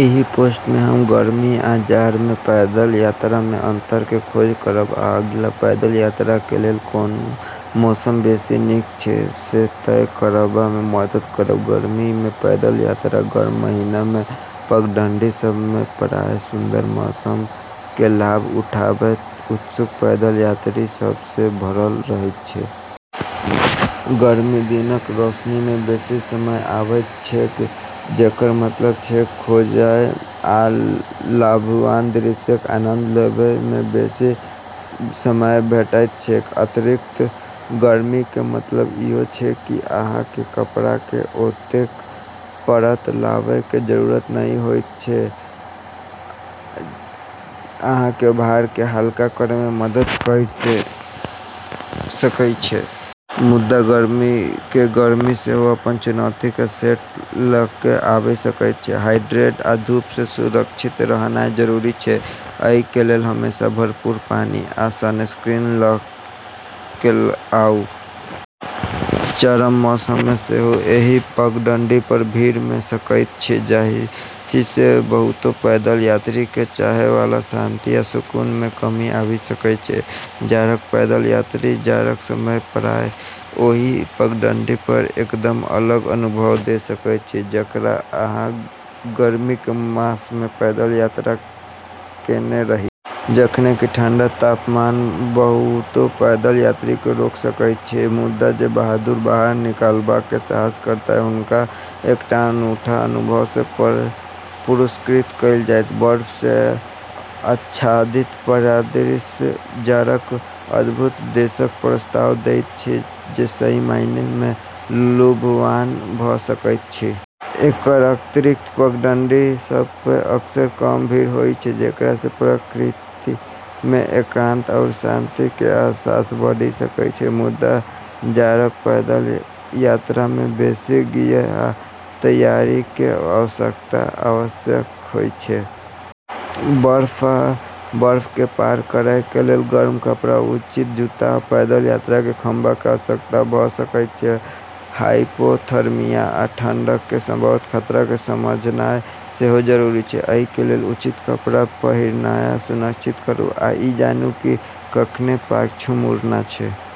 एहि पोस्ट में हम गर्मी आ जाड़ में पैदल यात्रा में अंतर के खोज करब आ अगिला पैदल यात्रा के लेल कोन मौसम बेसी नीक अछि से तय करबा में मदद करब। गर्मी में पैदल यात्रा गर्म महीना में, पगडंडी सब में प्रायः सुन्दर मौसम के लाभ उठाबैत उत्सुक पैदल यात्री सब सं भरल रहैत अछि। गर्मी में दिनक रोशनी में बेसी समय अबैत छैक, जकर मतलब छैक, खोजय आ लुभावन दृश्यक आनंद लेबय में बेसी समय भेटैत छैक। अतिरिक्त गर्मी कें मतलब इहो छै कि अहां कें कपड़ा कें ओतेक परत लावय कें जरूरत नहि होयत, जे अहां कें भार कें हल्का करय मे मदद कयर सकय छै। मुदा गर्मी के गर्मी सेहो अपन चुनौती के सेट ल क आबि सकैत अछि। हाइड्रेटेड आ धूप सं सुरक्षित रहनाय जरूरी छै, अइ कें लेल हमेशा भरपूर पानी आ सनस्क्रीन ल क आऊं। चरम मौसम में सेहो एहि पगडंडी पर भीड़ भ सकैत अछि, जाहि सं बहुतो पैदल यात्री के चाहय वाला शांति आ सुकून में कमी आबि सकैत अछि। जाड़क पैदल यात्रा जाड़क समय प्रायः ओही पगडंडी पर एकदम अलग अनुभव द सकैत अछि जकरा अहाँ गर्मीक मास में पैदल यात्रा केने रही। जखन कि ठंडा तापमान बहुतो पैदल यात्री के रोकि सकैत अछि, मुदा जे बहादुर बाहर निकलबाक साहस करताह हुनका एकटा अनूठा अनुभव सं पुरस्कृत कयल जायत। बर्फ सं आच्छादित परिदृश्य जाड़क अद्भुत देशक प्रस्ताव दैत अछि जे सही मायने में लुभावन भ सकैत अछि। एकर अतिरिक्त, पगडंडी सब प अक्सर कम भीड़ होय छै, जेकरा स प्रकृति मे एकांत आरू शांति केर एहसास बढ़ी सकै छै। मुदा, जाड़क पैदल यात्रामें बेसी गियर आ तैयारीक आवश्यकता अवश्य होइत छैक। बर्फ आ बर्फ कें पार करय कें लेल गर्म कपड़ा, उचित जूता, आ पैदल यात्रा कें खंभा कें आवश्यकता भ सकएयत छै। हाइपोथर्मिया आ ठंढक कें संभावित खतरा कें समझनाय सेहो जरूरी छै, अइ कें लेल उचित कपड़ा पहिरनाय सुनिश्चित करूं आ इ जानूं कि कखन पाछू मुड़ना छै।